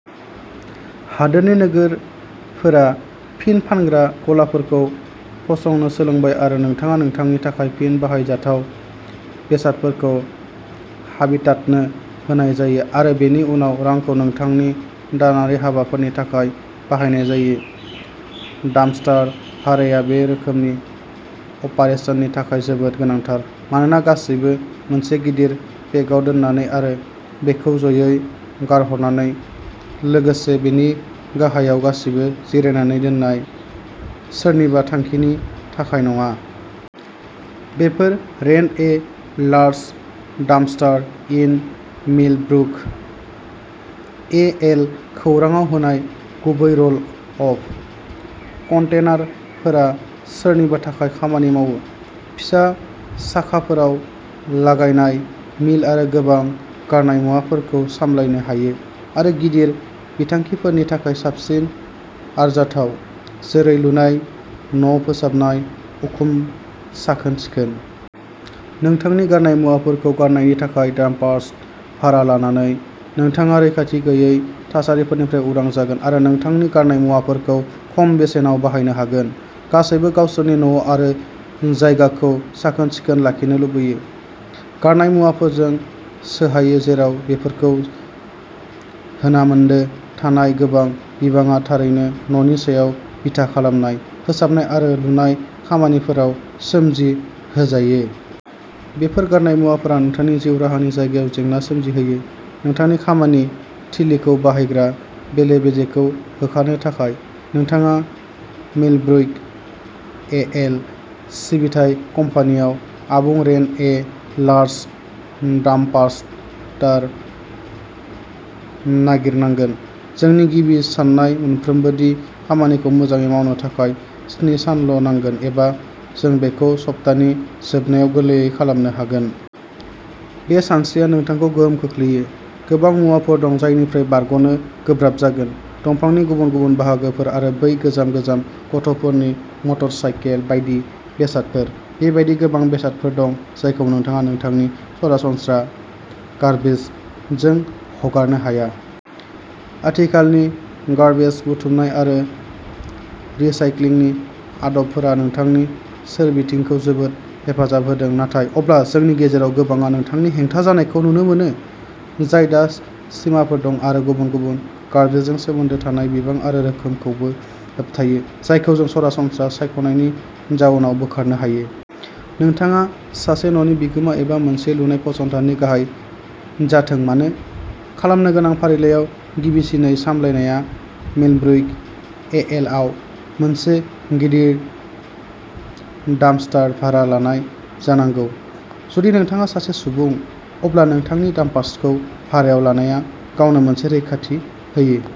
हादोरनि नोगोर फोरा फिन फानग्रा गलाफोरखौ फसंनो सोलोंबाय आरो नोंथाङा नोंथांनि थाखाय फिन बाहायजाथाव बेसादफोरखौ हाबिटाटनो होनाय जायो आरो बेनि उनाव रांखौ नोंथांनि दानारि हाबाफोरनि थाखाय बाहायनाय जायो। डाम्पस्टार भाराया बे रोखोमनि अपारेसननि थाखाय जोबोद गोनांथार मानोना गासैबो मोनसे गिदिर पेकआव दोननानै आरो बेखौ जयै गारहरनानै, लोगोसे बेनि गाहायाव गासिबो जिरायनानै दोननाय, सोरनिबा थांखिनि थाखाय नङा। Before rent a large dumpster in Millbrook, A L खौरांआव होनाय गुबै रल अफ कन्टेनारफोरा सोरनिबा थाखाय खामानि मावो। फिसा साखाफोराव लागायनाय मिल आरो गोबां गारनाय मुवाफोरखौ सामलायनो हायो आरो गिदिर बिथांखिफोरनि थाखाय साबसिन आरजाथाव, जेरै लुनाय, न' फोसाबनाय, उखुम साखोन-सिखोन। नोंथांनि गारनाय मुवाफोरखौ गारनायनि थाखाय डाम्पस्टार भारा लानानै, नोंथाङा रैखाथि गैयै थासारिफोरनिफ्राय उदां जागोन आरो नोंथांनि गारनाय मुवाफोरखौ खम बेसेनाव बायनो हागोन। गासैबो गावसोरनि न'आरो जायगाखौ साखोन-सिखोन लाखिनो लुबैयो। गारनाय मुवाफोरजों सोहायो जेराव बेफोरखौ होनामोन्दो थानाय गोबां बिबाङा थारैनो न'नि सायाव बिथा खालामनाय फोसाबनाय आरो लुनाय खामानिफोराव सोमजि होजायो। बेफोर गारनाय मुवाफोरा नोंथांनि जिउ राहानि जायगायाव जेंना सोमजिहोयो। नोंथांनि खामानि थिलिखौ बानायग्रा बेले-बेजेखौ होखारनो थाखाय, नोंथाङा मिलब्रुक, ए. एल. सिबिथाइ कम्पानिआव आबुं rent a large uh dumpster नागिरनांगोन। जोंनि गिबि सान्नाय मोनफ्रोमबो दि खामानिखौ मोजाङै मावनो थाखाय स्नि सानल' नांगोन एबा जों बेखौ सप्तानि जोबनायाव गोरलैयै खालामनो हागोन। बे सानस्रिया नोंथांखौ गोहोम खोख्लैयो। गोबां मुवाफोर दं जायनिफ्राय बारग'नो गोब्राब जागोन। दंफांनि गुबुन गुबुन बाहागोफोर आरो बै गोजाम गोजाम गथ'फोरनि मटर साइकेल बायदि बेसादफोर। बेबादि गोबां बेसादफोर दं जायखौ नोंथाङा नोंथांनि सरासनस्रा गार्बेज जों हगारनो हाया। आथिखालनि गार्बेज बुथुमनाय आरो रिसाइक्लिंनि आदबफोरा नोंथांनि सोरबिथिंखौ जोबोद हेफाजाब होदों। नाथाय अब्ला जोंनि गेजेराव गोबांआ नोंथांनि हेंथा जानायखौ नुनो मोनो, जाय दा सिमाफोर दं आरो गुबुन गुबुन गार्बेजजों सोमोन्दो थानाय बिबां आरो रोखोमखौबो होबथायो, जायखौ जों सरासनस्रा सायख'नायनि जाउनाव बोखारनो हायो। नोंथाङा सासे न'नि बिगोमा एबा मोनसे लुनाय फसंथाननि गाहाय जाथों मानो, खालामनो गोनां फारिलाइयाव गिबिसिनै सामलायनाया मिलब्रुक, ए. एल. आव मोनसे गिदिर डाम्पस्टार भारा लानाय जानांगौ। जुदि नोंथाङा सासे सुबुं, अब्ला नोंथांनि डाम्पस्टारखौ भारायाव लानाया गावनो मोनसे रैखाथि होयो।